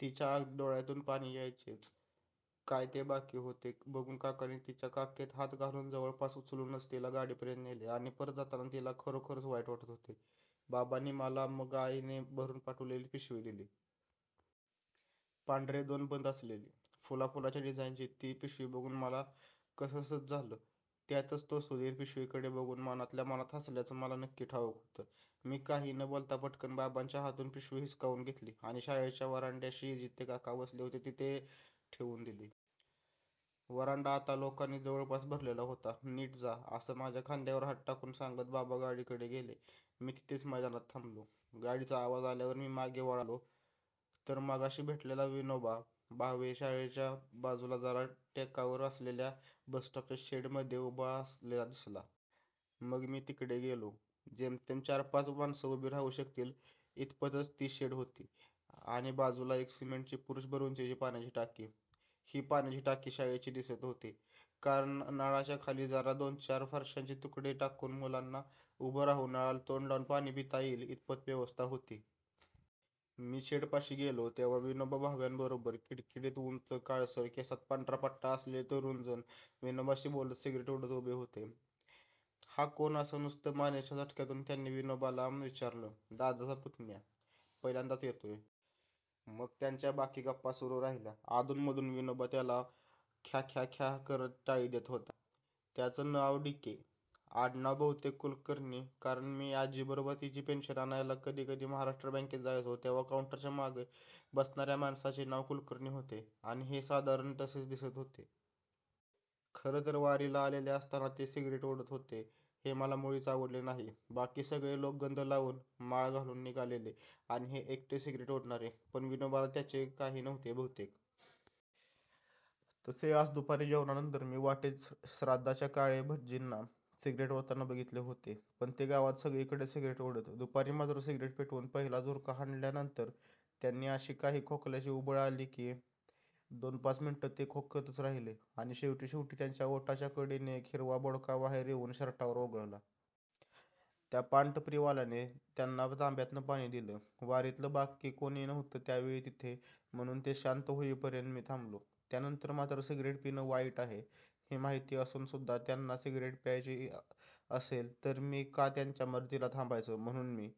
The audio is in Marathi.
तिच्या अगदी डोळ्यातून पाणी यायचेच काय ते बाकी होते बघून काकांनी तिच्या काखेत हात घालून जवळपास उचलूनच तिला गाडीपर्यंत नेले आणि परत जाताना तिला खरोखरच वाईट वाटत होते. बाबांनी मला मग आईने भरुन पाठवलेली पिशवी दिली. पांढरे दोन बंद असलेली, फुलाफुलाच्या डिझाइनची ती पिशवी बघून मला कससच झालं. त्यातच तो सुधीर पिशवीकडे बघून मनातल्या मनात हसल्याचं मला नक्की ठाउक होतं. मी काही न बोलता पटकन बाबांच्या हातून पिशवी हिसकावून घेतली आणि शाळेच्या व्हरांड्याशी जिथे काका बसले होते तिथे ठेवून दिली. व्हरांडा आता लोकांनी जवळपास भरलेला होता. नीट जा असं माझ्या खांद्यावर हात टाकून सांगत बाबा गाडीकडे गेले. मी तिथेच मैदानात थांबलो. गाडीचा आवाज आल्यावर मी मागे वळलो तर मगाशी भेटलेला विनोबा भावे शाळेच्या बाजूला जरा वर टेकावर असलेल्या बसस्टॉपच्या शेडमध्ये उभा असलेला दिसला. मी मग तिकडे गेलो. जेमतेम चार-पाच माणसं उभी राहू शकतील इतपतच ती शेड होती आणि बाजूला एक सिमेंटची पुरुषभर उंचीची पाण्याची टाकी. ही पाण्याची टाकी शाळेची दिसत होती कारण नळाच्या खाली जरा दोन-चार फरश्यांचे तुकडे टाकून मुलांना उभं राहून नळाला तोंड लावून पाणी पिता येईल इतपत व्यवस्था होती. मी शेडपाशी गेलो तेव्हा विनोबा भाव्यांबरोबर किडकिडीत उंच, काळसर, केसात पांढरा पट्टा असलेले एक जण विनोबाशी बोलत सिगरेट ओढत उभे होते. हा कोण असं नुसतं मानेच्या झटक्यातून त्यांनी विनोबाला विचारलं. दादाचा पुतण्या. पहिल्यांदाच येतोय. मग त्यांच्या बाकी गप्पा सुरु राहिल्या. अधून-मधून विनोबा त्याला ख्याख्याख्या करत टाळी देत होता. त्यांचं नाव डीके. आडणाव बहुतेक कुलकर्णी. कारण मी आजीबरोबर तिची पेंशन आणायला कधीकधी महाराष्ट्र बॅंकेत जायचो तेव्हा काउंटरच्या मागे बसणार्या माणसाचे नाव कुलकर्णी होते आणि हे साधारण तसेच दिसत होते. खरं तर वारीला आलेले असताना ते सिगरेट ओढत होते हे मला मुळीच आवडले नाही. बाकी सगळे लोक गंध लावून, माळ घालून निघालेले आणि हे एकटेच सिगरेट ओढणारे. पण विनोबाला त्याचे काही नव्हते बहुतेक. तसे आज दुपारी जेवणानंतर मी वाटेत श्राद्धाच्या काळे भटजींना सिगरेट ओढताना बघितले होते. पण ते गावात सगळीकडेच सिगरेट ओढत. दुपारी मात्र सिगरेट पेटवून पहिलाच झुरका हाणल्यानंतर त्यांना अशी काही खोकल्याची उबळ आली की दोन-पाच मिनिटं ते खोकतच राहिले आणि शेवटी शेवटी त्यांच्या ओठाच्या कडेने एक हिरवा बेडका बाहेर येउन शर्टावर ओघळला. त्या पान टपरीवाल्याने त्यांना तांब्यातनं पाणी दिलं. वारीतलं बाकी कोणी नव्हतं त्यावेळी तिथे म्हणुन ते शांत होईपर्यंत मी थांबलो. त्यानंतर मात्र सिगरेट पिणं वाईट आहे हे माहिती असून सुद्धा त्यांना सिगरेट प्यायची असेल तर मी का त्यांच्या मदतीला थांबायचं म्हणुन मी